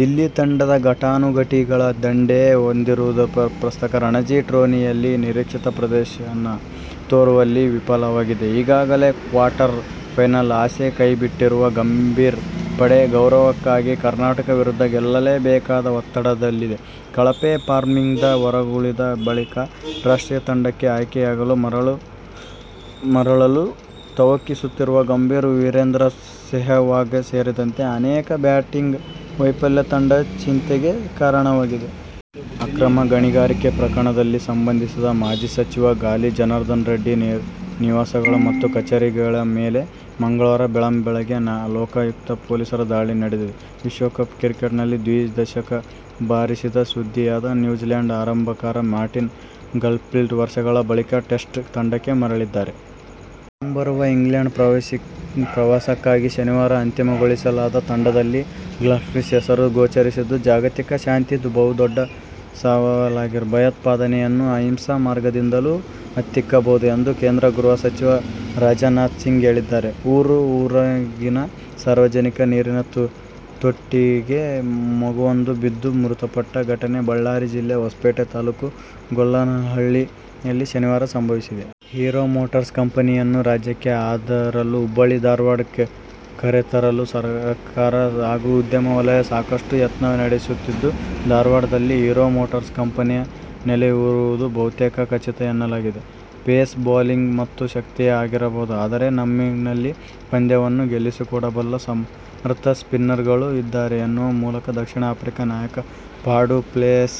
ದಿಲ್ಲಿ ತಂಡ ಘಟಾನುಘಟಿಗಳ ದಂಡೇ ಹೊಂದಿದ್ದರೂ ಪ್ರಸಕ್ತ ರಣಜಿ ಟೂರ್ನಿಯಲ್ಲಿ ನಿರೀಕ್ಷಿತ ಪ್ರದರ್ಶನ ತೋರುವಲ್ಲಿ ವಿಫಲವಾಗಿದೆ. ಈಗಾಗಲೇ ಕ್ವಾರ್ಟರ್ ಫೈನಲ್ ಆಸೆ ಕೈಬಿಟ್ಟಿರುವ ಗಂಭೀರ್ ಪಡೆ, ಗೌರವಕ್ಕಾಗಿ ಕರ್ನಾಟಕ ವಿರುದ್ಧ ಗೆಲ್ಲಬೇಕಾದ ಒತ್ತಡದಲ್ಲಿದೆ. ಕಳಪೆ ಫಾರ್ಮ್ನಿಂದ ಹೊರಗುಳಿದ ಬಳಿಕ ರಾಷ್ಟ್ರೀಯ ತಂಡಕ್ಕೆ ಆಯ್ಕೆಯಾಗಲು ಮರಳಲು ತವಕಿಸುತ್ತಿರುವ ಗಂಭೀರ್, ವೀರೇಂದ್ರ ಸೆಹವಾಗ್ ಸೇರಿದಂತೆ ಆನೇಕರ ಬ್ಯಾಟಿಂಗ್ ವೈಫಲ್ಯ ತಂಡದ ಚಿಂತೆಗೆ ಕಾರಣವಾಗಿದೆ. ಅಕ್ರಮ ಗಣಿಗಾರಿಕೆ ಪ್ರಕರಣಕ್ಕೆ ಸಂಬಂಧಿಸಿ ಮಾಜಿ ಸಚಿವ ಗಾಲಿ ಜನಾರ್ದನ ರೆಡ್ಡಿ ನಿವಾಸಗಳು ಮತ್ತು ಕಚೇರಿಗಳ ಮೇಲೆ ಮಂಗಳವಾರ ಬೆಳ್ಳಂಬೆಳಗೆ ಲೋಕಾಯುಕ್ತ ಪೊಲೀಸರು ದಾಳಿ ನಡೆಸಿದ್ದಾರೆ. ವಿಶ್ವಕಪ್ ಕ್ರಿಕೆಟ್ನಲ್ಲಿ ದ್ವಿಶತಕ ಬಾರಿಸಿ ಸುದ್ದಿಯಾದ ನ್ಯೂಜಿಲ್ಯಾಂಡಿನ ಆರಂಭಕಾರ ಮಾರ್ಟಿನ್ ಗಪ್ಟಿಲ್ ವರ್ಷಗಳ ಬಳಿಕ ಟೆಸ್ಟ್ ತಂಡಕ್ಕೆ ಮರಳಿದ್ದಾರೆ. ಮುಂಬರುವ ಇಂಗ್ಲೆಂಡ್ ಪ್ರವಾಸಕ್ಕಾಗಿ ಶನಿವಾರ ಅಂತಿಮಗೊಳಿಸಲಾದ ತಂಡದಲ್ಲಿ ಗಪ್ಟಿಲ್ ಹೆಸರು ಗೋಚರಿಸಿದೆ. ಜಾಗತಿಕ ಶಾಂತಿಗೆ ಬಹುದೊಡ್ಡ ಸವಾಲಾಗಿರುವ ಭಯೋತ್ಪಾದನೆಯನ್ನು ಅಹಿಂಸಾ ಮಾರ್ಗದಿಂದಲೂ ಹತ್ತಿಕ್ಕಬಹುದು ಎಂದು ಕೇಂದ್ರ ಗೃಹ ಸಚಿವ ರಾಜನಾಥಸಿಂಗ್ ಹೇಳಿದ್ದಾರೆ. ಊರ ಹೊರಗಿನ ಸಾರ್ವಜನಿಕ ನೀರಿನ ತೊಟ್ಟಿಗೆ ಮಗುವೊಂದು ಬಿದ್ದು ಮೃತಪಟ್ಟ ಘಟನೆ ಬಳ್ಳಾರಿ ಜಿಲ್ಲೆಯ ಹೊಸಪೇಟೆ ತಾಲೂಕಿನ ಗೊಲ್ಲರಹಳ್ಳಿಯಲ್ಲಿ ಶನಿವಾರ ಸಂಭವಿಸಿದೆ. ಹೀರೋ ಮೋಟಾರ್ಸ್ ಕಂಪೆನಿಯನ್ನು ರಾಜ್ಯಕ್ಕೆ ಅದರಲ್ಲೂ ಹುಬ್ಬಳ್ಳಿ- ಧಾರವಾಡಕ್ಕೆ ಕರೆತರಲು ಸರಕಾರ ಹಾಗೂ ಉದ್ಯಮ ವಲಯ ಸಾಕಷ್ಟು ಯತ್ನ ನಡೆಸುತ್ತಿದ್ದು, ಧಾರವಾಡದಲ್ಲಿ ಹೀರೋ ಮೋಟಾರ್ಸ್ ಕಂಪೆನಿ ನೆಲೆಯೂರುವುದು ಬಹುತೇಕ ಖಚಿತ ಎನ್ನಲಾಗಿದೆ. "ಪೇಸ್ ಬೌಲಿಂಗ್ ನಮ್ಮ ಶಕ್ತಿ ಆಗಿರಬಹುದು, ಆದರೆ ನಮ್ಮಲ್ಲೀಗ ಪಂದ್ಯವನ್ನು ಗೆಲ್ಲಿಸಿಕೊಡಬಲ್ಲ ಸಮರ್ಥ ಸ್ಪಿನ್ನರ್ಗಳೂ ಇದ್ದಾರೆ' ಎನ್ನುವ ಮೂಲಕ ದಕ್ಷಿಣ ಆಫ್ರಿಕಾ ನಾಯಕ ಫಾ ಡು ಪ್ಲೆಸಿಸ್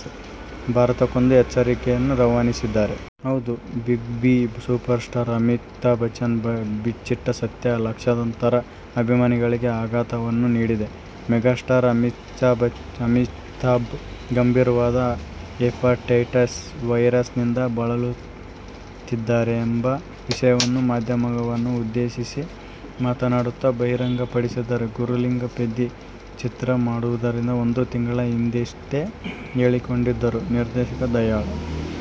ಭಾರತಕ್ಕೊಂದು ಎಚ್ಚರಿಕೆಯನ್ನು ರವಾನಿಸಿದ್ದಾರೆ. ಹೌದು big B, super star Amitabh Bachchan ಬಿಚ್ಚಿಟ್ಟ ಸತ್ಯ ಲಕ್ಷಾಂತರ ಅಭಿಮಾನಿಗಳಿಗೆ ಆಘಾತವನ್ನು ನೀಡಿದೆ. ಮೆಗಾಸ್ಟಾರ್ ಅಮಿತಾಬ್ ಗಂಭೀರವಾದ ಹೆಪಟೈಟಿಸ್ ವೈರಸ್ ನಿಂದ ಬಳಲುತ್ತಿದ್ದಾರೆ ಎಂಬ ವಿಷಯವನ್ನು ಮಾಧ್ಯಮದವರನ್ನು ಉದ್ದೇಶಿಸಿ ಮಾತನಾಡುತ್ತ ಬಹಿರಂಗಪಡಿಸಿದ್ದಾರೆ. "ಗುರುಲಿಂಗ ಪೆದ್ದಿ' ಚಿತ್ರ ಮಾಡುವುದಾಗಿ ಒಂದು ತಿಂಗಳ ಹಿಂದಷ್ಟೇ ಹೇಳಿಕೊಂಡಿದ್ದರು ನಿರ್ದೇಶಕ ದಯಾಳ್.